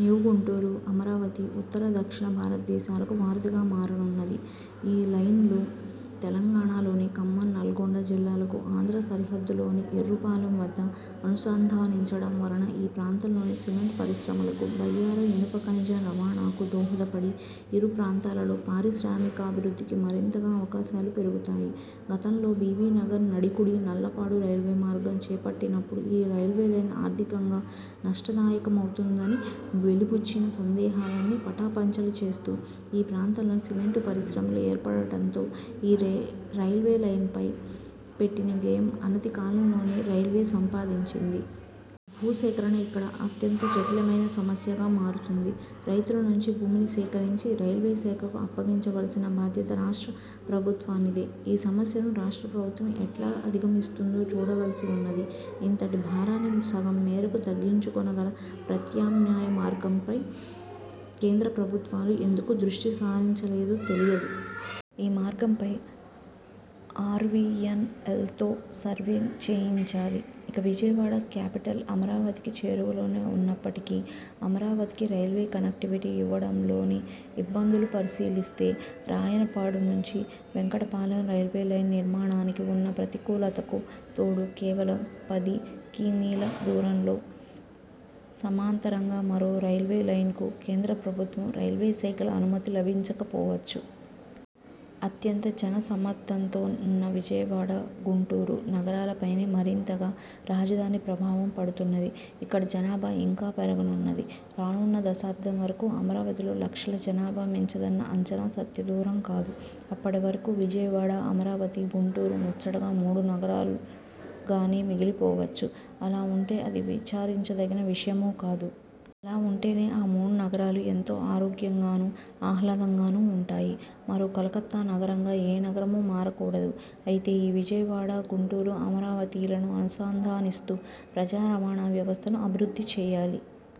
న్యూగుంటూరు, అమరావతి ఉత్తర–దక్షిణ భారతదేశాలకు వారధిగా మారనున్నది. ఈ లైన్లు తెలంగాణలోని ఖమ్మం, నల్గొండ జిల్లాలకు ఆంధ్ర సరిహద్దులోని ఎర్రుపాలెం వద్ద అనుసంధానించడం వలన ఈ ప్రాంతంలోని సిమెంట్ పరిశ్రమలకు, బయ్యారం ఇనుపఖనిజం రవాణాకు దోహదపడి ఇరు ప్రాంతాలలో పారిశ్రామికాభివృద్ధికి మరింతగా అవకాశాలు పెరుగుతాయి. గతంలో బీబీనగర్– నడికుడి– నల్లపాడు రైల్వే మార్గం చేపట్టినప్పుడు ఈ రైల్వేలైన్ ఆర్థికంగా నష్టదాయకమవుతుందని వెలిబుచ్చిన సందేహాలన్నీ పటాపంచలు చేస్తూ ఈ ప్రాంతంలో సిమెంటు పరిశ్రమలు ఏర్పడడంతో ఈ రైల్వే లైన్ పై పెట్టిన వ్యయం అనతి కాలంలోనే రైల్వే సంపాదించింది. భూసేకరణ ఇక్కడ అత్యంత జటిలమైన సమస్యగా మారుతుంది. రైతుల నుంచి భూమిని సేకరించి రైల్వే శాఖకు అప్పగించవలసిన బాధ్యత రాష్ట్ర ప్రభుత్వానిదే. ఈ సమస్యను రాష్ట్ర ప్రభుత్వం ఎట్లా అధిగమిస్తుందో చూడవలసి ఉన్నది. ఇంతటి భారాన్ని సగం మేరకు తగ్గించుకొనగల ప్రత్యామ్నాయ మార్గంపై కేంద్ర ప్రభుత్వాలు ఎందుకు దృష్టిసారించలేదో తెలియదు. ఈ మార్గంపై ఆర్వియన్ఎల్తో సర్వే చేయించాలి. ఇక విజయవాడ కాపిటల్ అమరావతికి చేరువలోనే ఉన్నప్పటికీ అమరావతికి రైల్వే కనెక్టివిటీ ఇవ్వడంలోని ఇబ్బందులు పరిశీలిస్తే రాయనపాడు నుంచి వెంకటపాలెం రైల్వే లైన్ నిర్మాణానికి ఉన్న ప్రతికూలతలకు తోడు కేవలం పది కి. మీల దూరంలో సమాంతరంగా మరో రైల్వే లైన్కు కేంద్ర ప్రభుత్వం, రైల్వే శాఖల అనుమతి లభించకపోవచ్చు. అత్యంత జనసమ్మర్దంతో ఉన్న విజయవాడ, గుంటూరు నగరాలపైనే మరింతగా రాజధాని ప్రభావం పడుతున్నది. ఇక్కడ జనాభా ఇంకా పెరగనున్నది. రానున్న దశాబ్దం వరకు అమరావతిలో లక్షల జనాభా మించదన్న అంచనా సత్యదూరం కాదు. అప్పడివరకు విజయవాడ, అమరావతి, గుంటూరు ముచ్చటగా మూడు నగరాలుగానే మిగిలిపోవచ్చు. అలా ఉంటే అది విచారించదగిన విషయమూ కాదు. అలా ఉంటేనే ఆ మూడు నగరాలు ఎంతో ఆరోగ్యంగానూ, ఆహ్లాదంగానూ ఉంటాయి. మరో కలకత్తా నగరంగా ఏ నగరమూ మారకూడదు. అయితే ఈ విజయవాడ, గుంటూరు, అమరావతిలను అనుసంధానిస్తూ ప్రజారవాణా వ్యవస్థను అభివృద్ధి చేయాలి.